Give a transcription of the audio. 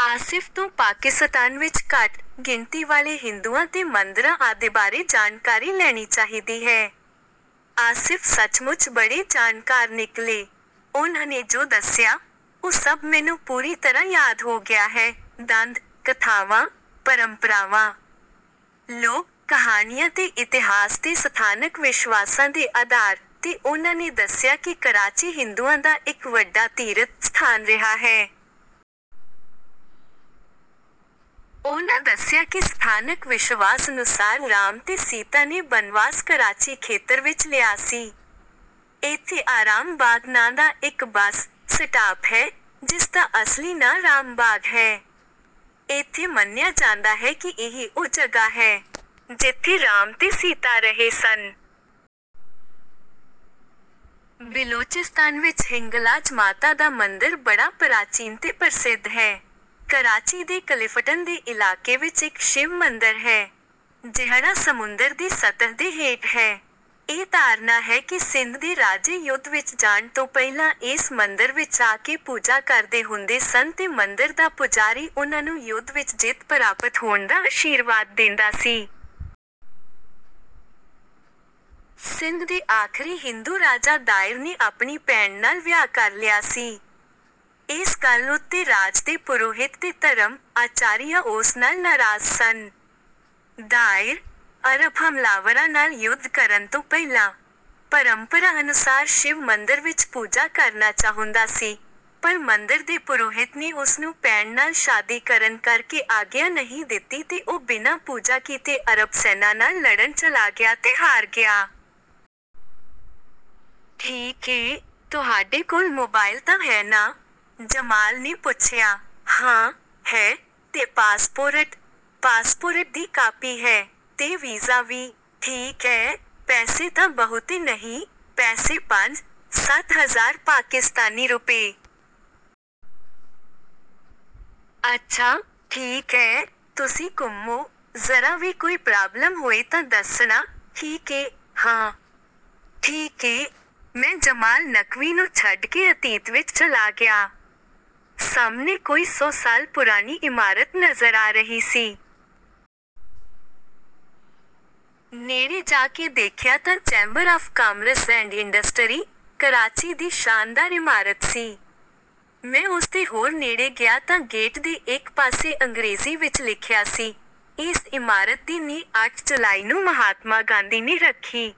ਆਸਿਫ ਤੋਂ ਪਾਕਿਸਤਾਨ ਵਿੱਚ ਘੱਟ-ਗਿਣਤੀ ਵਾਲੇ ਹਿੰਦੂਆਂ ਤੇ ਮੰਦਰਾਂ ਆਦਿ ਬਾਰੇ ਜਾਣਕਾਰੀ ਲੈਣੀ ਚਾਹੀਦੀ ਹੈ। ਆਸਿਫ ਸੱਚਮੁੱਚ ਬੜੇ ਜਾਣਕਾਰ ਨਿਕਲੇ। ਉਹਨਾਂ ਨੇ ਜੋ ਦੱਸਿਆ, ਉਹ ਸਭ ਮੈਨੂੰ ਪੂਰੀ ਤਰ੍ਹਾਂ ਯਾਦ ਹੋ ਗਿਆ ਹੈ—ਦੰਦ-ਕਥਾਵਾਂ, ਪਰੰਪਰਾਵਾਂ, ਲੋਕ-ਕਹਾਣੀਆਂ ਤੇ ਇਤਿਹਾਸ ਦੇ ਸਥਾਨਕ ਵਿਸ਼ਵਾਸਾਂ ਦੇ ਆਧਾਰ 'ਤੇ ਉਹਨਾਂ ਨੇ ਦੱਸਿਆ ਕਿ ਕਰਾਚੀ ਹਿੰਦੂਆਂ ਦਾ ਇੱਕ ਵੱਡਾ ਤੀਰਥ-ਸਥਾਨ ਰਿਹਾ ਹੈ। ਉਹਨਾਂ ਦੱਸਿਆ ਕਿ ਸਥਾਨਕ ਵਿਸ਼ਵਾਸ ਅਨੁਸਾਰ ਰਾਮ ਤੇ ਸੀਤਾ ਨੇ ਬਨਵਾਸ ਕਰਾਚੀ ਖੇਤਰ ਵਿੱਚ ਲਿਆ ਸੀ। ਇੱਥੇ ਆਰਾਮ ਬਾਗ਼ ਨਾਂ ਦਾ ਇੱਕ ਬੱਸ-ਸਟਾਪ ਹੈ, ਜਿਸਦਾ ਅਸਲੀ ਨਾਂ ਰਾਮ ਬਾਗ਼ ਹੈ। ਇੱਥੇ ਮੰਨਿਆ ਜਾਂਦਾ ਹੈ ਕਿ ਇਹੀ ਉਹ ਜਗ੍ਹਾ ਹੈ, ਜਿੱਥੇ ਰਾਮ ਤੇ ਸੀਤਾ ਰਹੇ ਸਨ। ਬਿਲੋਚਿਸਤਾਨ ਵਿੱਚ ਹਿੰਗਲਾਜ ਮਾਤਾ ਦਾ ਮੰਦਰ ਬੜਾ ਪ੍ਰਾਚੀਨ ਤੇ ਪ੍ਰਸਿੱਧ ਹੈ। ਕਰਾਚੀ ਦੇ ਕਲਿਫਟਨ ਦੇ ਇਲਾਕੇ ਵਿੱਚ ਇੱਕ ਸ਼ਿਵ ਮੰਦਰ ਹੈ, ਜਿਹੜਾ ਸਮੁੰਦਰ ਦੀ ਸਤਹ ਦੇ ਹੇਠ ਹੈ। ਇਹ ਧਾਰਨਾ ਹੈ ਕਿ ਸਿੰਧ ਦੇ ਰਾਜੇ ਯੁੱਧ ਵਿੱਚ ਜਾਣ ਤੋਂ ਪਹਿਲਾਂ ਇਸ ਮੰਦਰ ਵਿੱਚ ਆ ਕੇ ਪੂਜਾ ਕਰਦੇ ਹੁੰਦੇ ਸਨ ਤੇ ਮੰਦਰ ਦਾ ਪੁਜਾਰੀ ਉਹਨਾਂ ਨੂੰ ਯੁੱਧ ਵਿੱਚ ਜਿੱਤ ਪ੍ਰਾਪਤ ਹੋਣ ਦਾ ਅਸ਼ੀਰਵਾਦ ਦੇਂਦਾ ਸੀ। ਸਿੰਧ ਦੇ ਆਖ਼ਰੀ ਹਿੰਦੂ ਰਾਜਾ ਦਾਹਿਰ ਨੇ ਆਪਣੀ ਭੈਣ ਨਾਲ ਵਿਆਹ ਕਰ ਲਿਆ ਸੀ। ਇਸ ਗੱਲ ਉੱਤੇ ਰਾਜ ਦੇ ਪੁਰੋਹਿਤ ਤੇ ਧਰਮ-ਆਚਾਰੀਆ ਉਸ ਨਾਲ ਨਾਰਾਜ਼ ਸਨ। ਦਾਹਿਰ, ਅਰਬ ਹਮਲਾਵਰਾਂ ਨਾਲ ਯੁੱਧ ਕਰਨ ਤੋਂ ਪਹਿਲਾਂ, ਪਰੰਪਰਾ ਅਨੁਸਾਰ ਸ਼ਿਵ ਮੰਦਰ ਵਿੱਚ ਪੂਜਾ ਕਰਨਾ ਚਾਹੁੰਦਾ ਸੀ, ਪਰ ਮੰਦਰ ਦੇ ਪੁਰੋਹਿਤ ਨੇ ਉਸਨੂੰ ਭੈਣ ਨਾਲ ਸ਼ਾਦੀ ਕਰਨ ਕਰਕੇ ਆਗਿਆ ਨਹੀਂ ਦਿੱਤੀ ਤੇ ਉਹ ਬਿਨਾਂ ਪੂਜਾ ਕੀਤੇ ਅਰਬ ਸੈਨਾ ਨਾਲ ਲੜਨ ਚਲਾ ਗਿਆ ਤੇ ਹਾਰ ਗਿਆ। "ਠੀਕ ਏ... ਤੁਹਾਡੇ ਕੋਲ ਮੋਬਾਇਲ ਤਾਂ ਹੈ ਨਾ?" ਜਮਾਲ ਨੇ ਪੁੱਛਿਆ। "ਹਾਂ, ਹੈ।" "ਤੇ ਪਾਸਪੋਰਟ?" "ਪਾਸਪੋਰਟ ਦੀ ਕਾਪੀ ਹੈ... ਤੇ ਵੀਜ਼ਾ ਵੀ...।" "ਠੀਕ ਐ... ਪੈਸੇ ਤਾਂ ਬਹੁਤੇ ਨਹੀਂ?" "ਪੈਸੇ ਪੰਜ-ਸੱਤ ਹਜ਼ਾਰ ਪਾਕਿਸਤਾਨੀ ਰੁਪਏ।" "ਅੱਛਾ... ਠੀਕ ਐ... ਤੁਸੀਂ ਘੁੰਮੋ... ਜ਼ਰਾ ਵੀ ਕੋਈ ਪ੍ਰਾਬਲਮ ਹੋਏ ਤਾਂ ਦੱਸਣਾ, ਠੀਕ ਏ।" "ਹਾਂ... ਠੀਕ ਏ।" ਮੈਂ ਜਮਾਲ ਨਕਵੀ ਨੂੰ ਛੱਡ ਕੇ ਅਤੀਤ ਵਿੱਚ ਚਲਾ ਗਿਆ। ਸਾਹਮਣੇ ਕੋਈ ਸੌ ਸਾਲ ਪੁਰਾਣੀ ਇਮਾਰਤ ਨਜ਼ਰ ਆ ਰਹੀ ਸੀ। ਨੇੜੇ ਜਾ ਕੇ ਦੇਖਿਆ ਤਾਂ chamber of commerce and industry, Karachi ਦੀ ਸ਼ਾਨਦਾਰ ਇਮਾਰਤ ਸੀ। ਮੈਂ ਉਸਦੇ ਹੋਰ ਨੇੜੇ ਗਿਆ ਤਾਂ ਗੇਟ ਦੇ ਇੱਕ ਪਾਸੇ ਅੰਗਰੇਜ਼ੀ ਵਿੱਚ ਲਿਖਿਆ ਸੀ, "ਇਸ ਇਮਾਰਤ ਦੀ ਨੀਂਹ ਅੱਠ ਜੁਲਾਈ ਨੂੰ ਮਹਾਤਮਾ ਗਾਂਧੀ ਨੇ ਰੱਖੀ।"